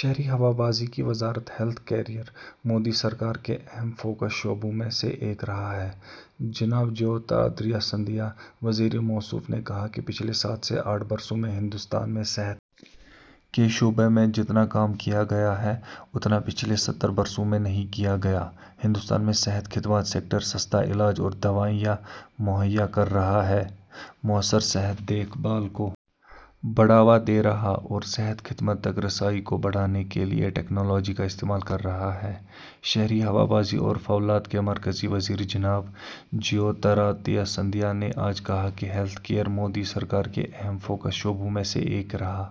شہری ہوابازی کی وزارت ہیلتھ کیئر مودی سرکار کے اہم فوکس شعبوں میں سے ایک رہا ہے:جناب جیوترادتیہ سندھیا وزیر موصوف نے کہا کہ پچھلے سات سے آٹھ برسوں میں ہندوستان میں صحت کے شعبے میں جتنا کام کیا گیا ہے، اتنا پچھلے ستر برسوں میں نہیں کیا گیا ہندوستان میں صحت خدمات سیکٹر سستا علاج اور دوائیں مہیا کررہا ہے، مؤثر صحت دیکھ بھال کو بڑھاوا دے رہا اور صحت خدمت تک رسائی کو بڑھانے کے لئے ٹیکنالوجی کا استعمال کررہا ہے شہری ہوابازی اور فولاد کے مرکزی وزیر جناب جیوترادتیہ سندھیا نے آج کہا کہ ہیلتھ کیئر مودی سرکار کے اہم فوکس شعبوں میں سے ایک رہا۔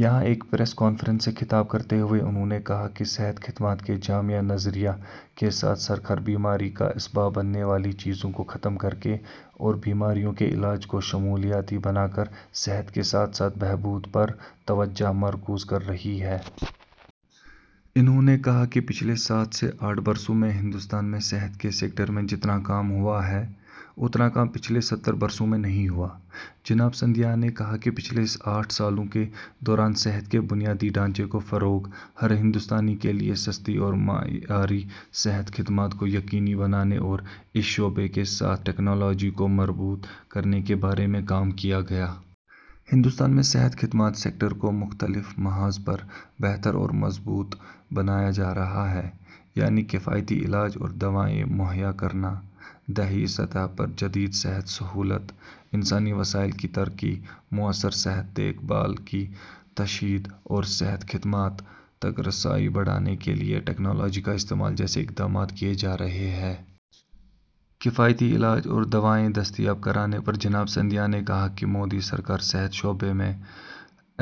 یہاں ایک پریس کانفرنس سے خطاب کرتے ہوئے انہوں نے کہا کہ صحت خدمات کے جامع نظریے کے ساتھ سرکار بیماری کا اسباب بننے والی چیزوں کو ختم کرکے اور بیماریوں کے علاج کو شمولیاتی بناکر صحت کے ساتھ ساتھ بہبود پر توجہ مرکوز کررہی ہے۔ انہوں نے کہا کہ پچھلے سات سے آٹھ برسوں میں ہندوستان میں صحت کے سیکٹر میں جتنا کام ہوا ہے، اتنا کام پچھلے ستر برسوں میں نہیں ہوا۔ جناب سندھیا نے کہا کہ پچھلے آٹھ سالوں کے دوران صحت کے بنیادی ڈھانچے کو فروغ ، ہرہندوستانی کے لئے سستی اور معیاری صحت خدمات کو یقینی بنانے اور اس شعبے کے ساتھ ٹیکنالوجی کو مربوط کرنے کے بارے میں کام کیا گیا۔ ہندوستان میں صحت خدمات سیکٹر کو مختلف محاذ پر بہتر اور مضبوط بنایا جارہا ہے، یعنی کفایتی علاج اور دوائیں مہیا کرنا؛ دیہی سطح پر جدید صحت سہولت ؛ انسانی وسائل کی ترقی؛ مؤثر صحت دیکھ بھال کی تشہیر اور صحت خدمات تک رسائی بڑھانے کے لئے ٹیکنالوجی کا استعمال جیسے اقدامات کئے جارہے ہیں۔ کفایتی علاج اور دوائیں دستیاب کرانے پر جناب سندھیا نے کہا کہ مودی سرکار صحت شعبے میں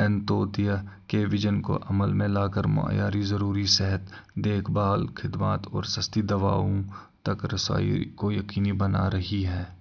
'انتودیہ'کے وژن کو عمل میں لاکر معیاری ضروری صحت دیکھ بھال خدمات اور سستی دواؤں تک رسائی کو یقینی بنارہی ہے۔